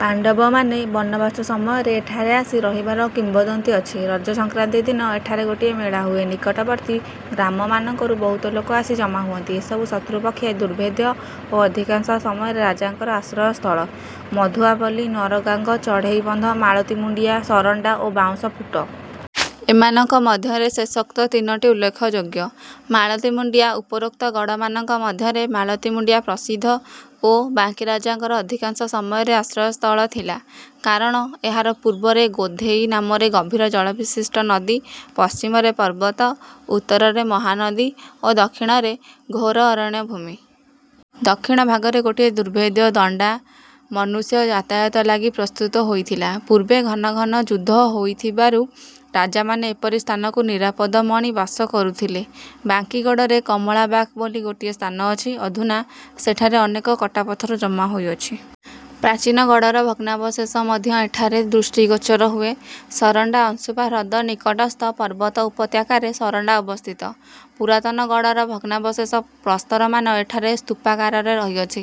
ପାଣ୍ଡବମାନେ ବନବାସ ସମୟରେ ଏଠାରେ ଆସି ରହିଥିବାର କିମ୍ବଦନ୍ତୀ ଅଛି। ରଜସଂକ୍ରାନ୍ତି ଦିନ ଏଠାରେ ଗୋଟିଏ ମେଳା ହୁଏ। ନିକଟବର୍ତ୍ତୀ ଗ୍ରାମମାନଙ୍କରୁ ବହୁତ ଲୋକ ଆସି ଜମା ହୁଅନ୍ତି। ଏ ସବୁ ଶତ୍ରୁପକ୍ଷେ ଦୁର୍ଭେଦ୍ୟ ଓ ଅଧିକାଂଶ ସମୟରେ ରାଜାଙ୍କର ଆଶ୍ରୟ ସ୍ଥଳ। ମଧୁଆ ପଲ୍ଲୀ, ନରଗାଙ୍ଗ, ଚଢ଼େଇବନ୍ଧ, ମାଳତୀ ମୁଣ୍ଡିଆ, ସରଣ୍ଡା ଓ ବାଉଁଶ ପୁଟ। ଏମାନଙ୍କ ମଧ୍ୟରେ ଶେଷୋକ୍ତ ତିନୋଟି ଉଲ୍ଲେଖଯୋଗ୍ୟ। ମାଳତୀମୁଣ୍ଡିଆ- ଉପରୋକ୍ତ ଗଡ଼ମାନଙ୍କ ମଧ୍ୟରେ ମାଳତୀ ମୁଣ୍ଡିଆ ପ୍ରସିଦ୍ଧ ଓ ବାଙ୍କୀ ରାଜାଙ୍କର ଅଧିକାଂଶ ସମୟରେ ଆଶ୍ରୟ ସ୍ଥଳ ଥିଲା; କାରଣ ଏହାର ପୂର୍ବରେ ଗୋଧେଇ ନାମରେ ଗଭୀର ଜଳବିଶିଷ୍ଟ ନଦୀ, ପଶ୍ଚିମରେ ପର୍ବତ, ଉତ୍ତରରେ ମହାନଦୀ ଓ ଦକ୍ଷିଣରେ ଘୋର ଅରଣ୍ୟଭୂମି। ଦକ୍ଷିଣ ଭାଗରେ, ଗୋଟିଏ ଦୁର୍ଭେଦ୍ୟ ଦଣ୍ଡା ମନୁଷ୍ୟ ଯାତାୟାତ ଲାଗି ପ୍ରସ୍ତୁତ ହୋଇଥିଲା। ପୂର୍ବେ ଘନ ଘନ ଯୁଦ୍ଧ ହୋଇଥିବାରୁ ରାଜାମାନେ ଏପରି ସ୍ଥାନକୁ ନିରାପଦ ମଣି ବାସ କରୁଥିଲେ। ବାଙ୍କୀ ଗଡ଼ରେ "କମଳା ବାଗ" ବୋଲି ଗୋଟିଏ ସ୍ଥାନ ଅଛି। ଅଧୁନା ସେଠାରେ ଅନେକ କଟା ପଥର ଜମା ହୋଇଅଛି। ପ୍ରାଚୀନ ଗଡ଼ର ଭଗ୍ନାବଶେଷ ମଧ୍ୟ ଏଠାରେ ଦୃଷ୍ଟିଗୋଚର ହୁଏ। ସରଣ୍ଡା- ଅଂଶୁପା ହ୍ରଦ ନିକଟସ୍ଥ ପର୍ବତ ଉପତ୍ୟକାରେ ସରଣ୍ଡା ଅବସ୍ଥିତ। ପୁରାତନ ଗଡ଼ର ଭଗ୍ନାବଶେଷ ପ୍ରସ୍ତରମାନ ଏଠାରେ ସ୍ତୂପାକାରରେ ରହିଅଛି।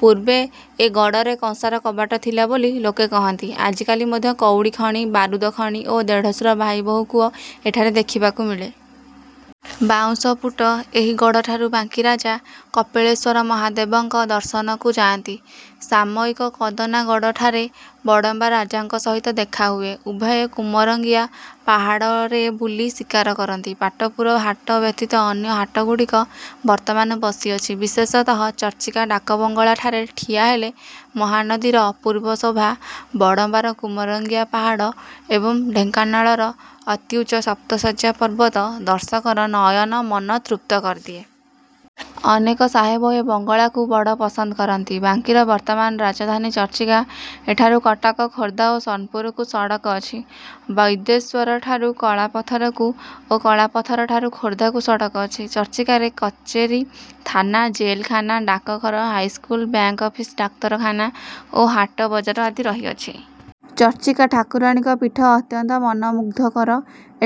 ପୂର୍ବେ ଏ ଗଡ଼ରେ କଂସାର କବାଟ ଥିଲା ବୋଲି ଲୋକେ କହନ୍ତି। ଆଜିକାଲି ମଧ୍ୟ କଉଡ଼ି ଖଣି, ବାରୁଦଖଣି ଓ ଦେଢ଼ଶୁର ଭାଇବୋହୂ କୂଅ ଏଠାରେ ଦେଖିବାକୁ ମିଳେ। ବାଉଁଶପୁଟ- ଏହି ଗଡ଼ଠାରୁ ବାଙ୍କୀରାଜା କପିଳେଶ୍ଵର ମହାଦେବଙ୍କ ଦର୍ଶନକୁ ଯାନ୍ତି। ସାମୟିକ କଦନା ଗଡ଼ଠାରେ ବଡ଼ମ୍ବା ରାଜାଙ୍କ ସହିତ ଦେଖା ହୁଏ। ଉଭୟେ କୁମରଙ୍ଗିଆ ପାହାଡ଼ରେ ବୁଲି ଶିକାର କରନ୍ତି। ପାଟପୁର ହାଟ ବ୍ୟତୀତ ଅନ୍ୟ ହାଟଗୁଡ଼ିକ ବର୍ତ୍ତମାନ ବସିଅଛି। ବିଶେଷତଃ ଚର୍ଚ୍ଚିକା ଡାକ ବଙ୍ଗଳାଠାରେ ଠିଆ ହେଲେ ମହାନଦୀର ଅପୂର୍ବ ଶୋଭା, ବଡ଼ମ୍ବାର କୁମରଙ୍ଗିଆ ପାହାଡ଼ ଏବଂ ଢେଙ୍କାନାଳର ଅତ୍ୟୁଚ୍ଚ ସପ୍ତଶଯ୍ୟା ପର୍ବତ ଦର୍ଶକର ନୟନମନ ତୃପ୍ତ କରିଦିଏ। ଅନେକ ସାହେବ ଏ ବଙ୍ଗଳାକୁ ବଡ଼ ପସନ୍ଦ କରନ୍ତି। ବାଙ୍କୀର ବର୍ତ୍ତମାନ ରାଜଧାନୀ ଚର୍ଚ୍ଚିକା। ଏଠାରୁ କଟକ, ଖୋର୍ଦ୍ଧା ଓ ସୋନପୁରକୁ ସଡ଼କ ଅଛି। ବୈଦ୍ୟେଶ୍ଵରଠାରୁ କଳାପଥରକୁ ଓ କଳାପଥରଠାରୁ ଖୋର୍ଦ୍ଧାକୁ ସଡ଼କ ଅଛି। ଚର୍ଚ୍ଚିକାରେ କଚେରୀ, ଥାନା, ଜେଲଖାନା, ଡାକଘର, ହାଇସ୍କୁଲ, ବ୍ୟାଙ୍କ୍ ଅଫିସ୍, ଡାକ୍ତରଖାନା ଓ ହାଟ ବଜାର ଆଦି ରହିଅଛି। ଚର୍ଚ୍ଚିକା ଠାକୁରାଣୀଙ୍କ ପୀଠ ଅତ୍ୟନ୍ତ ମନୋମୁଗ୍ଧକର।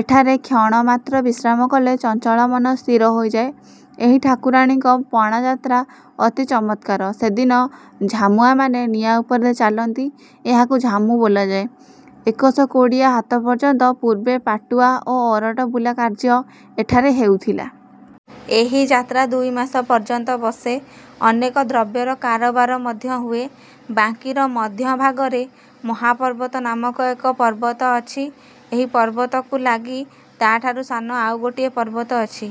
ଏଠାରେ କ୍ଷଣମାତ୍ର ବିଶ୍ରାମ କଲେ ଚଞ୍ଚଳ ମନ ସ୍ଥିର ହୋଇଯାଏ। ଏହି ଠାକୁରାଣୀଙ୍କ ପଣାଯାତ୍ରା ଅତି ଚମତ୍କାର। ସେ ଦିନ ଝାମୁଆଁମାନେ ନିଆଁ ଉପରେ ଚାଲନ୍ତି। ଏହାକୁ ଝାମୁ ବୋଲାଯାଏ। ଏକଶ କୋଡ଼ିଏ ହାତ ପର୍ଯ୍ୟନ୍ତ ପୂର୍ବେ ପାଟୁଆ ଓ ଅରଟ ବୁଲା କାର୍ଯ୍ୟ ଏଠାରେ ହେଉଥିଲା। ଏହି ଯାତ୍ରା ଦୁଇ ମାସ ପର୍ଯ୍ୟନ୍ତ ବସେ। ଅନେକ ଦ୍ରବ୍ୟର କାରବାର ମଧ୍ୟ ହୁଏ। ବାଙ୍କୀର ମଧ୍ୟଭାଗରେ ମହାପର୍ବତ ନାମକ ଏକ ପର୍ବତ ଅଛି। ଏହି ପର୍ବତକୁ ଲାଗି ତା ଠାରୁ ସାନ ଆଉ ଗୋଟିଏ ପର୍ବତ ଅଛି।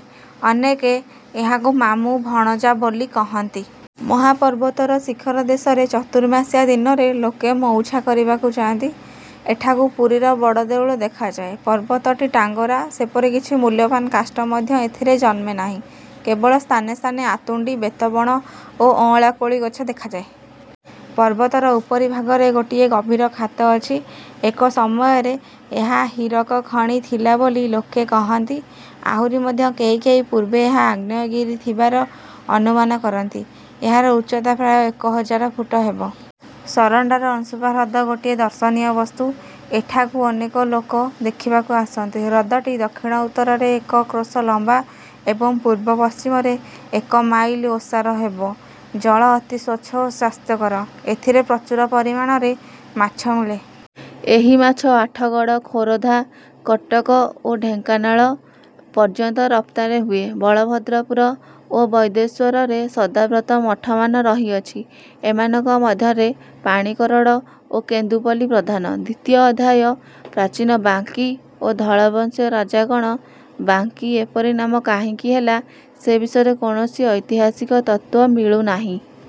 ଅନେକେ ଏହାକୁ "ମାମୁ ଭଣଞ୍ଜା'' ବୋଲି କହନ୍ତି। ମହାପର୍ବତର ଶିଖର ଦେଶରେ ଚତୁର୍ମାସ୍ୟା ଦିନରେ ଲୋକେ ମଉଛା କରିବାକୁ ଯାନ୍ତି। ଏଠାକୁ ପୁରୀର ବଡ଼ ଦେଉଳ ଦେଖାଯାଏ। ପର୍ବତଟି ଟାଙ୍ଗରା। ସେପରି କିଛି ମୁଲ୍ୟବାନ୍ କାଷ୍ଠ ମଧ୍ୟ ଏଥିରେ ଜନ୍ମେ ନାହିଁ। କେବଳ ସ୍ଥାନେ ସ୍ଥାନେ ଆତୁଣ୍ଡି, ବେତ ବଣ ଓ ଅଁଳାକୋଳି ଗଛ ଦେଖାଯାଏ। ପର୍ବତର ଉପରି ଭାଗରେ ଗୋଟିଏ। ଗଭୀର ଖାତ ଅଛି। ଏକ ସମୟରେ ଏହା ହୀରକ ଖଣି ଥିଲା ବୋଲି ଲୋକେ କହନ୍ତି। ଆହୁରି ମଧ୍ୟ କେହି କେହି ପୂର୍ବେ ଏହା ଆଗ୍ନେୟଗିରି ଥିବାର ଅନୁମାନ କରନ୍ତି। ଏହାର ଉଚ୍ଚତା ପ୍ରାୟ ଏକ ହଜାର ଫୁଟ ହେବ। ସରଣ୍ଡାର ଅଂଶୁପା ହ୍ରଦ ଗୋଟିଏ ଦର୍ଶନୀୟ ବସ୍ତୁ। ଏଠାକୁ ଅନେକ ଲୋକ ଦେଖିବାକୁ ଆସନ୍ତି। ହ୍ରଦଟି ଦକ୍ଷିଣ ଉତ୍ତରରେ ଏକ କ୍ରୋଶ ଲମ୍ବା ଏବଂ ପୂର୍ବ ପଶ୍ଚିମରେ ଏକ ମାଇଲ ଓସାର ହେବ। ଜଳ ଅତି ସ୍ଵଚ୍ଛ ଓ ସ୍ଵାସ୍ଥ୍ୟକର। ଏଥିରେ ପ୍ରଚୁର ପରିମାଣରେ ମାଛ ମିଳେ। ଏହି ମାଛ ଆଠଗଡ଼, ଖୋରଧା, କଟକ ଓ ଢେଙ୍କାନାଳ ପର୍ଯ୍ୟନ୍ତ ରପ୍ତାନି ହୁଏ। ବଳଭଦ୍ରପୁର ଓ ବୈଦ୍ୟେଶ୍ଵରରେ ସଦାବ୍ରତ ମଠମାନ ରହିଅଛି। ଏମାନଙ୍କ ମଧ୍ୟରେ ପାଣିକୋରଡ଼ ଓ କେନ୍ଦୁପଲ୍ଲୀ ପ୍ରଧାନ। ଦ୍ଵିତୀୟ ଅଧ୍ୟାୟ ପ୍ରାଚୀନ ବାଙ୍କୀ ଓ ଧଳବଂଶୀୟ ରାଜାଗଣ ବାଙ୍କୀ ଏପରି ନାମ କାହିଁକି ହେଲା, ସେ ବିଷୟରେ କୌଣସି ଐତିହାସିକ ତତ୍ତ୍ଵ ମିଳୁ ନାହିଁ।